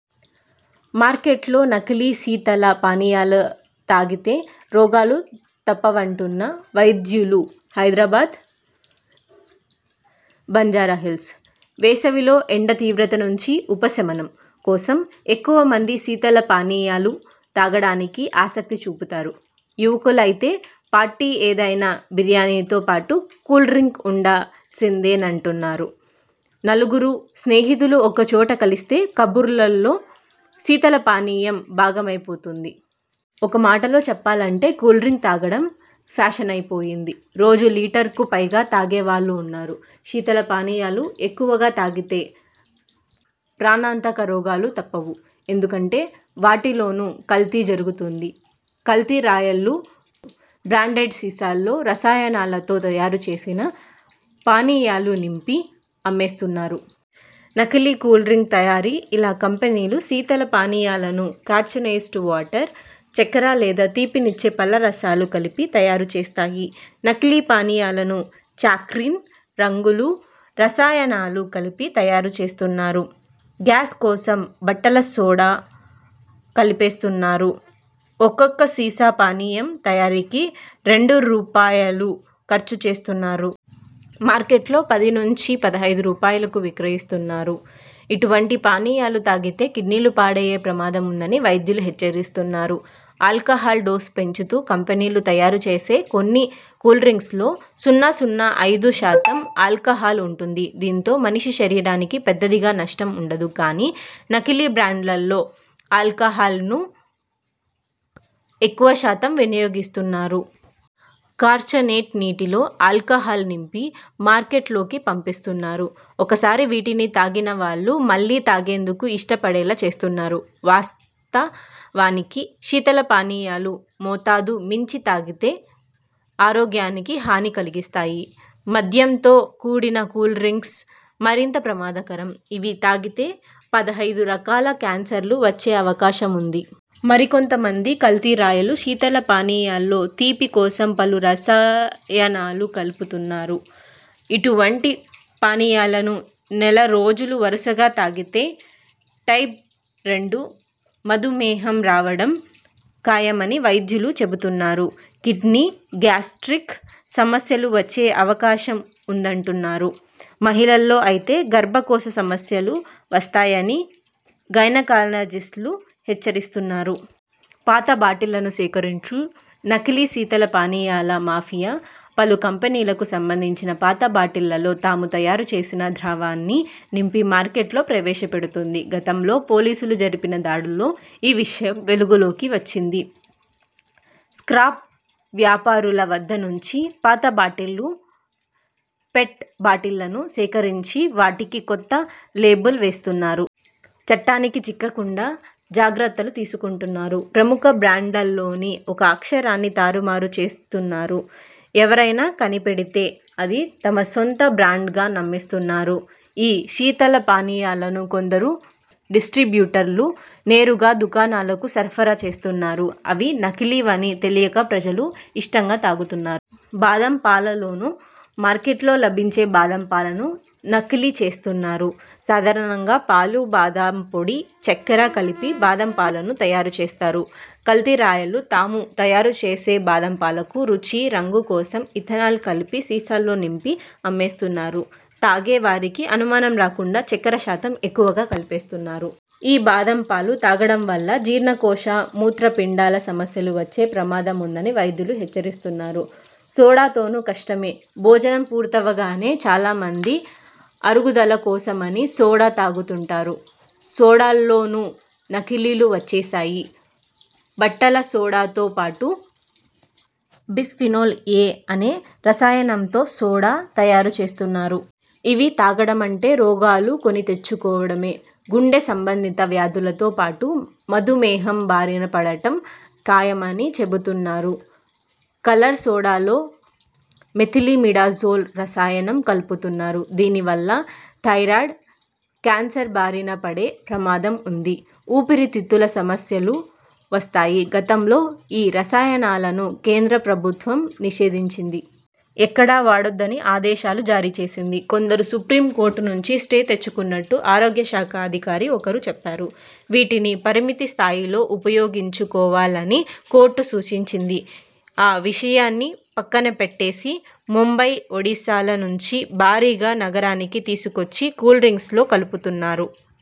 మార్కెట్లో నకిలీ శీతల పానీయాలుతాగితే రోగాలు తప్పవంటున్న వైద్యులుహైదరాబాద్/ బంజారాహిల్స్: వేసవిలో ఎండ తీవ్రత నుంచి ఉపశమనం కోసం ఎక్కువమంది శీతల పానీ యాలు తాగడానికి ఆసక్తి చూపుతారు. యువకులైతే పార్టీ ఏదైనా బిర్యానీతో పాటు కూల్డ్రింక్ ఉండా ల్సిందేనంటారు. నలుగురు స్నేహితులు ఒకచోట కలిస్తే కబుర్లలో శీతల పానీయం భాగమైపోతోంది. ఒక్క మాటలో చెప్పాలంటే కూల్డ్రింక్ తాగడం ఫ్యాషనైపోయింది. రోజూ లీటర్కు పైగా తాగే వాళ్లూ ఉన్నారు. శీతల పానీయాలు ఎక్కువగా తాగితే ప్రాణాంతక రోగాలు తప్పవు. ఎందుకంటే వాటి లోనూ కల్తీ జరుగుతోంది. కల్తీరాయుళ్లు బ్రాండెడ్ సీసాల్లో రసాయనాలతో తయారు చేసిన పానీ యాలు నింపి అమ్మేస్తున్నారు. నకిలీ కూల్డ్రింక్ తయారీ ఇలాకంపెనీలు శీతల పానీయాలను కార్చనైజ్డ్ వాటర్, చక్కెర లేదా తీపినిచ్చే పళ్ల రసాలు కలిపి తయారు చేస్తాయి. నకిలీ పానీయాలను చాక్రీన్, రంగులు, రసాయనాలు కలిపి తయారు చేస్తున్నారు. గ్యాస్ కోసం బట్టల సోడా కలిపేస్తున్నారు. ఒక్కొక్క సీసా పానీయం తయారీకి రెండు రూపాయలు ఖర్చు చేస్తున్నారు. మార్కెట్లో పది నుంచి పదిహేను రూపాయలకు విక్రయిస్తున్నారు. ఇటువంటి పానీయాలు తాగితే కిడ్నీలు పాడయ్యే ప్రమాదముందని వైద్యులు హెచ్చరిస్తున్నారు. ఆల్కహాల్ డోసు పెంచుతూకంపెనీలు తయారు చేసే కొన్ని కూల్డ్రింక్స్లో సున్న.సున్న ఐదు శాతం ఆల్కహాల్ ఉంటుంది. దీంతో మనిషి శరీరానికి పెద్దగా నష్టం ఉండదు. కానీ నకిలీ బ్రాండ్లలో ఆల్కహాల్ను ఎక్కువశాతం వినియోగిస్తు న్నారు. కార్చనేట్ నీటిలో ఆల్కహాల్ నింపి మార్కెట్ లోకి పంపిస్తున్నారు. ఒకసారి వీటిని తాగినవాళ్లు మళ్లీ తాగేందుకు ఇష్టపడేలా చేస్తున్నారు. వాస్త వానికి శీతల పానీయాలు మోతాదు మించి తాగితే ఆరోగ్యానికి హాని కలిగిస్తాయి. మద్యంతో కూడిన కూల్డ్రింక్స్ మరింత ప్రమాదకరం. ఇవి తాగితే పదహైదు రకాల కేన్సర్లు వచ్చే అవకాశం ఉంది. మరికొంత మంది కల్తీరాయుళ్లు శీతల పానీయాల్లో తీపి కోసం పలు రసాయనాలు కలుపుతున్నారు. ఇటువంటి పానీయాలను నెల రోజులు వరుసగా తాగితే టైప్ రెండు మధుమేహం రావడం ఖాయమని వైద్యులు చెబుతున్నారు. కిడ్నీ, గ్యాస్ర్టిక్ సమస్యలూ వచ్చే అవ కాశం ఉందంటున్నారు. మహిళల్లో అయితే గర్భకోశ సమస్యలు వస్తాయని గైనకాలజిస్ట్లు హెచ్చరిస్తున్నారు. పాత బాటిళ్లను సేకరించి.. నకిలీ శీతల పానీయాల మాఫియా పలు కంపెనీలకు సంబంధించిన పాత బాటిళ్లలో తాము తయారు చేసిన ద్రవాన్ని నింపి మార్కెట్లో ప్రవేశ పెడుతోంది. గతంలో పోలీసులు జరిపిన దాడుల్లో ఈ విషయం వెలుగులోకి వచ్చింది. స్ర్కాప్ వ్యాపా రుల వద్ద నుంచి పాత బాటిళ్లు, పెట్ బాటిళ్లను సేకరించి వాటికి కొత్త లేబుల్ వేస్తున్నారు. చట్టానికి చిక్కకుండా జాగ్రత్తలు తీసుకుంటున్నారు. ప్రముఖ బ్రాండ్లలోని ఒక అక్షరాన్ని తారుమారు చేసేస్తు న్నారు. ఎవరైనా కనిపెడితే అది తమ సొంత బ్రాండ్గా నమ్మిస్తున్నారు. ఈ శీతల పానీయాలను కొందరు డిస్ర్టిబ్యూటర్లు నేరుగా దుకాణాలకు సరఫరా చేస్తున్నారు. అవి నకిలీవని తెలియక ప్రజలు ఇష్టంగా తాగుతున్నారు. బాదం పాలలోనూ.. మార్కెట్లో లభించే బాదంపాలనూ నకిలీ చేసేస్తున్నారు. సాధారణంగా పాలు, బాదంపొడి, చక్కెర కలిపి బాదంపాలను తయారు చేస్తారు. కల్తీరాయుళ్లు తాము తయారు చేసే బాదంపాలకు రుచి, రంగు కోసం ఇథనాల్ కలిపి సీసాల్లో నింపి అమ్మేస్తున్నారు. తాగే వారికి అనుమానం రాకుండా చక్కెర శాతం ఎక్కువగా కలిపేస్తున్నారు. ఈ బాదం పాలు తాగడం వల్ల జీర్ణకోశ, మూత్రపిండాల సమస్యలు వచ్చే ప్రమాదముందని వైద్యులు హెచ్చరిస్తున్నారు. సోడాతోనూ కష్టమే.. భోజనం పూర్తవగానే చాలామంది అరుగుదల కోసమని సోడా తాగుతుంటారు. సోడాల్లోనూ నకిలీలు వచ్చేశాయి. బట్టల సోడాతో పాటు బిస్ఫినోల్-ఎ అనే రసాయనంతో సోడా తయారు చేస్తున్నారు. ఇవి తాగడమంటే రోగాలు కొనితెచ్చు కోవడమే. గుండె సంబంధిత వ్యాధులతో పాటు మధుమేహం బారిన పడటం ఖాయమని చెబుతు న్నారు. కలర్ సోడాలో మెథిలిమిడాజోల్ రసాయనం కలుపుతున్నారు. దీనివల్ల థైరాయిడ్, కేన్సర్ బారినపడే ప్రమాదం ఉంది. ఊపిరితిత్తుల సమస్యలూ వస్తాయి. గతంలో ఈ రసాయనాలను కేంద్ర ప్రభుత్వం నిషేధించింది. ఎక్కడా వాడొద్దని ఆదేశాలూ జారీ చేసింది. కొందరు సుప్రీంకోర్టు నుంచి స్టే తెచ్చుకున్నట్టు ఆరోగ్యశాఖ అధికారి ఒకరు చెప్పారు. వీటిని పరిమితిస్థాయిలో ఉపయో గించుకోవాలని కోర్టు సూచించింది. ఆ విషయాన్ని పక్కనపెట్టేసి ముంబై, ఒడిశాల నుం చి భారీగా నగరానికి తీసుకొచ్చి కూల్డ్రింక్స్లో కలుపుతున్నారు.